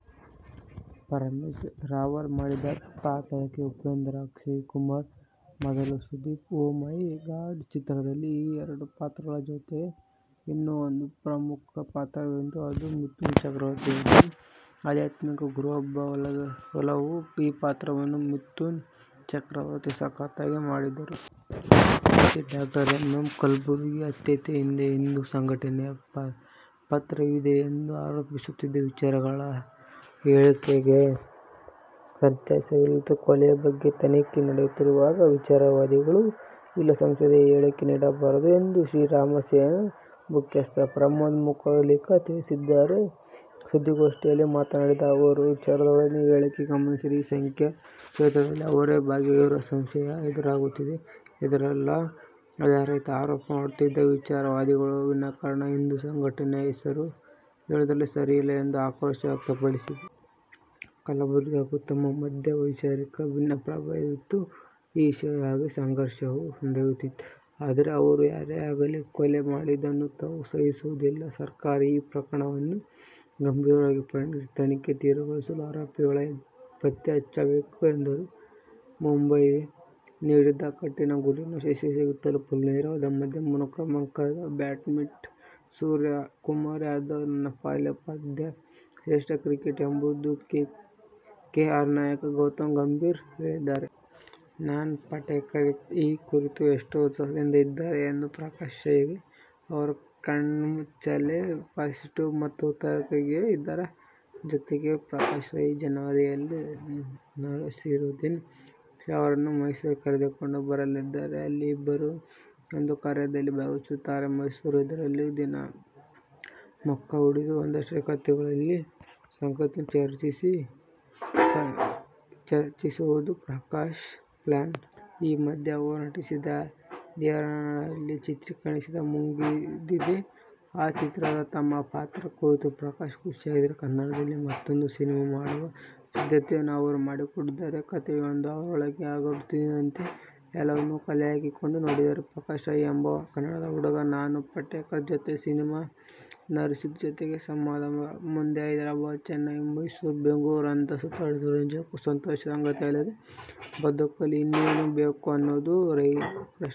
ಪರೇಶ್ ರಾವಲ್ ಮಾಡಿದ ಪಾತ್ರಕ್ಕೆ ಉಪೇಂದ್ರ. ಅಕ್ಷಯ್ ಕುಮಾರ್ ಬದಲು ಸುದೀಪ್. "ಓ ಮೈ ಗಾಡ್' ಚಿತ್ರದಲ್ಲಿ ಈ ಎರಡು ಪಾತ್ರಗಳ ಜೊತೆಗೆ ಇನ್ನೂ ಒಂದು ಪ್ರಮುಖ ಪಾತ್ರವೆಂದರೆ ಅದು ಮಿಥುನ್ ಚಕ್ರವರ್ತಿಯವರದ್ದು. ಆಧ್ಯಾತ್ಮಿಕ ಗುರುವೊಬ್ಬರನ್ನು ಹೋಲುವ ಈ ಪಾತ್ರವನ್ನು ಮಿಥುನ್ ಚಕ್ರವರ್ತಿ ಸಖತ್ತಾಗಿ ಮಾಡಿದ್ದರು. ಸಾಹಿತಿ ಡಾ ಎಂ. ಎಂ. ಕಲಬುರ್ಗಿ ಹತ್ಯೆಯ ಹಿಂದೆ ಹಿಂದೂ ಸಂಘಟನೆಯ ಪಾತ್ರವಿದೆಯೆಂದು ಆರೋಪಿಸುತ್ತಿರುವ ವಿಚಾರವಾದಿಗಳ ಹೇಳಿಕೆಯಲ್ಲಿ ಸತ್ಯಾಂಶವಿಲ್ಲ. ಕೊಲೆ ಬಗ್ಗೆ ತನಿಖೆ ನಡೆಯುತ್ತಿರುವಾಗ ವಿಚಾರವಾದಿಗಳು ಇಲ್ಲಸಲ್ಲದ ಹೇಳಿಕೆ ನೀಡಬಾರದು ಎಂದು ಶ್ರೀರಾಮಸೇನೆ ಮುಖ್ಯಸ್ಥ ಪ್ರಮೋದ ಮುತಾಲಿಕ ತಿಳಿಸಿದ್ದಾರೆ. ಸುದ್ದಿಗೋಷ್ಠಿಯಲ್ಲಿ ಮಾತನಾಡಿದ ಅವರು, ವಿಚಾರವಾದಿಗಳ ಹೇಳಿಕೆ ಗಮನಿಸಿದರೆ ಈ ಕೃತ್ಯದಲ್ಲಿ ಅವರೇ ಭಾಗಿಯಾಗಿರುವ ಸಂಶಯ ಎದುರಾಗುತ್ತದೆ ಎಂದರಲ್ಲದೇ, ಆಧಾರರಹಿತ ಆರೋಪ ಮಾಡುತ್ತಿರುವ ವಿಚಾರವಾದಿಗಳು ವಿನಾಕಾರಣ ಹಿಂದೂ ಸಂಘಟನೆಗಳ ಹೆಸರು ಹೇಳುವುದು ಸರಿಯಲ್ಲ ಎಂದು ಆಕ್ರೋಶ ವ್ಯಕ್ತಪಡಿಸಿದರು. ಕಲಬುರ್ಗಿ ಹಾಗೂ ತಮ್ಮ ಮಧ್ಯೆ ವೈಚಾರಿಕ ಭಿನ್ನಾಭಿಪ್ರಾಯವಿತ್ತು. ಈ ವಿಷಯವಾಗಿ ಸಂಘರ್ಷವೂ ನಡೆಯುತ್ತಿತ್ತು. ಆದರೆ ಅವರನ್ನು ಯಾರೇ ಆಗಲಿ ಕೊಲೆ ಮಾಡಿದ್ದನ್ನು ತಾವು ಸಹಿಸುವುದಿಲ್ಲ. ಸರ್ಕಾರ ಈ ಪ್ರಕರಣವನ್ನು ಗಂಭೀರವಾಗಿ ಪರಿಗಣಿಸಿ ತನಿಖೆ ತೀವ್ರಗೊಳಿಸಿ ಆರೋಪಿಗಳನ್ನು ಪತ್ತೆ ಹಚ್ಚಬೇಕು ಎಂದರು. ಮುಂಬೈ ನೀಡಿದ ಕಠಿನ ಗುರಿಯನ್ನು ಯಶಸ್ವಿಯಾಗಿ ತಲಪಲು ನೆರವಾದ ಮಧ್ಯಮ ಕ್ರಮಾಂಕದ ಬ್ಯಾಟ್ಸ್ಮನ್ ಸೂರ್ಯಕುಮಾರ್ ಯಾದವ್ ನನ್ನ ಪಾಲಿನ ಪಂದ್ಯಶ್ರೇಷ್ಠ ಕ್ರಿಕೆಟಿಗ ಎಂಬುದಾಗಿ ಕೆಕೆಆರ್ ನಾಯಕ ಗೌತಮ್ ಗಂಭೀರ್ ಹೇಳಿದ್ದಾರೆ. ನಾನಾ ಪಾಟೇಕರ್ ಈ ಕುರಿತು ಎಷ್ಟು ಉತ್ಸಾಹದಿಂದ ಇದ್ದಾರೆ ಎಂದರೆ ಪ್ರಕಾಶ್ರೈಗೆ ಅವರ ಕಣ್ಣಂಚಲ್ಲೇ ಪಾಸಿಟಿವ್ ಉತ್ತರ ಸಿಕ್ಕಾಗಿದೆ. ಇದರ ಜೊತೆಗೇ ಪ್ರಕಾಶ್ ರೈ, ಜನವರಿಯಲ್ಲಿ ನಸೀರುದ್ದೀನ್ ಶಾ ಅವರನ್ನು ಮೈಸೂರಿಗೆ ಕರೆದುಕೊಂಡು ಬರಲಿದ್ದಾರೆ. ಅಲ್ಲಿ ಇಬ್ಬರೂ ಒಂದು ಕಾರ್ಯಕ್ರಮದಲ್ಲಿ ಭಾಗವಹಿಸುತ್ತಾರೆ. ಮೈಸೂರಲ್ಲೇ ಒಂದೆರಡು ದಿನ ಮೊಕ್ಕಾಂ ಹೂಡಿ ಒಂದಷ್ಟು ಕತೆಗಳನ್ನು, ಸಂಗತಿಗಳನ್ನು ಚರ್ಚಿಸುವುದು ಪ್ರಕಾಶ್ ಪ್ಲಾನು. ಈ ಮಧ್ಯೆ ಅವರು ನಟಿಸಿದ ದೇವರನಾಡಲ್ಲಿ ಚಿತ್ರೀಕರಣ ಮುಗಿದಿದೆ. ಆ ಚಿತ್ರದ ತಮ್ಮ ಪಾತ್ರದ ಕುರಿತೂ ಪ್ರಕಾಶ್ ಖುಷಿಯಾಗಿದ್ದಾರೆ. ಕನ್ನಡದಲ್ಲಿ ಮತ್ತೂಂದು ಸಿನಿಮಾ ಮಾಡುವ ಸಿದ್ಧತೆಯನ್ನೂ ಅವರು ಮಾಡುತ್ತಿದ್ದಾರೆ. ಕತೆಯೊಂದು ಅವರೊಳಗೆ ಹರಳುಗಟ್ಟುತ್ತಿದೆಯಂತೆ. ಎಲ್ಲವನ್ನೂ ಕಲೆಹಾಕಿಕೊಂಡು ನೋಡಿದರೆ ಪ್ರಕಾಶ್ ರೈ ಎಂಬ ಕನ್ನಡದ ಹುಡುಗ ನಾನಾ ಪಾಟೇಕರ್ ಜೊತೆ ಸಿನಿಮಾ, ನಸೀರುದ್ದೀನ್ ಜೊತೆ ಸಂವಾದ, ಮುಂಬೈ, ಹೈದರಾಬಾದ್, ಚೆನ್ನೈ, ಮೈಸೂರು, ಬೆಂಗಳೂರು- ಅಂತ ಸುತ್ತಾಡುತ್ತಿರುವುದು ನಿಜಕ್ಕೂ ಸಂತೋಷದ ಸಂಗತಿಯಲ್ಲವೇ? ಬದುಕಲ್ಲಿ ಇನ್ನೇನು ಬೇಕು ಅನ್ನೋದು ರೈ ಪ್ರಶ್ನೆ!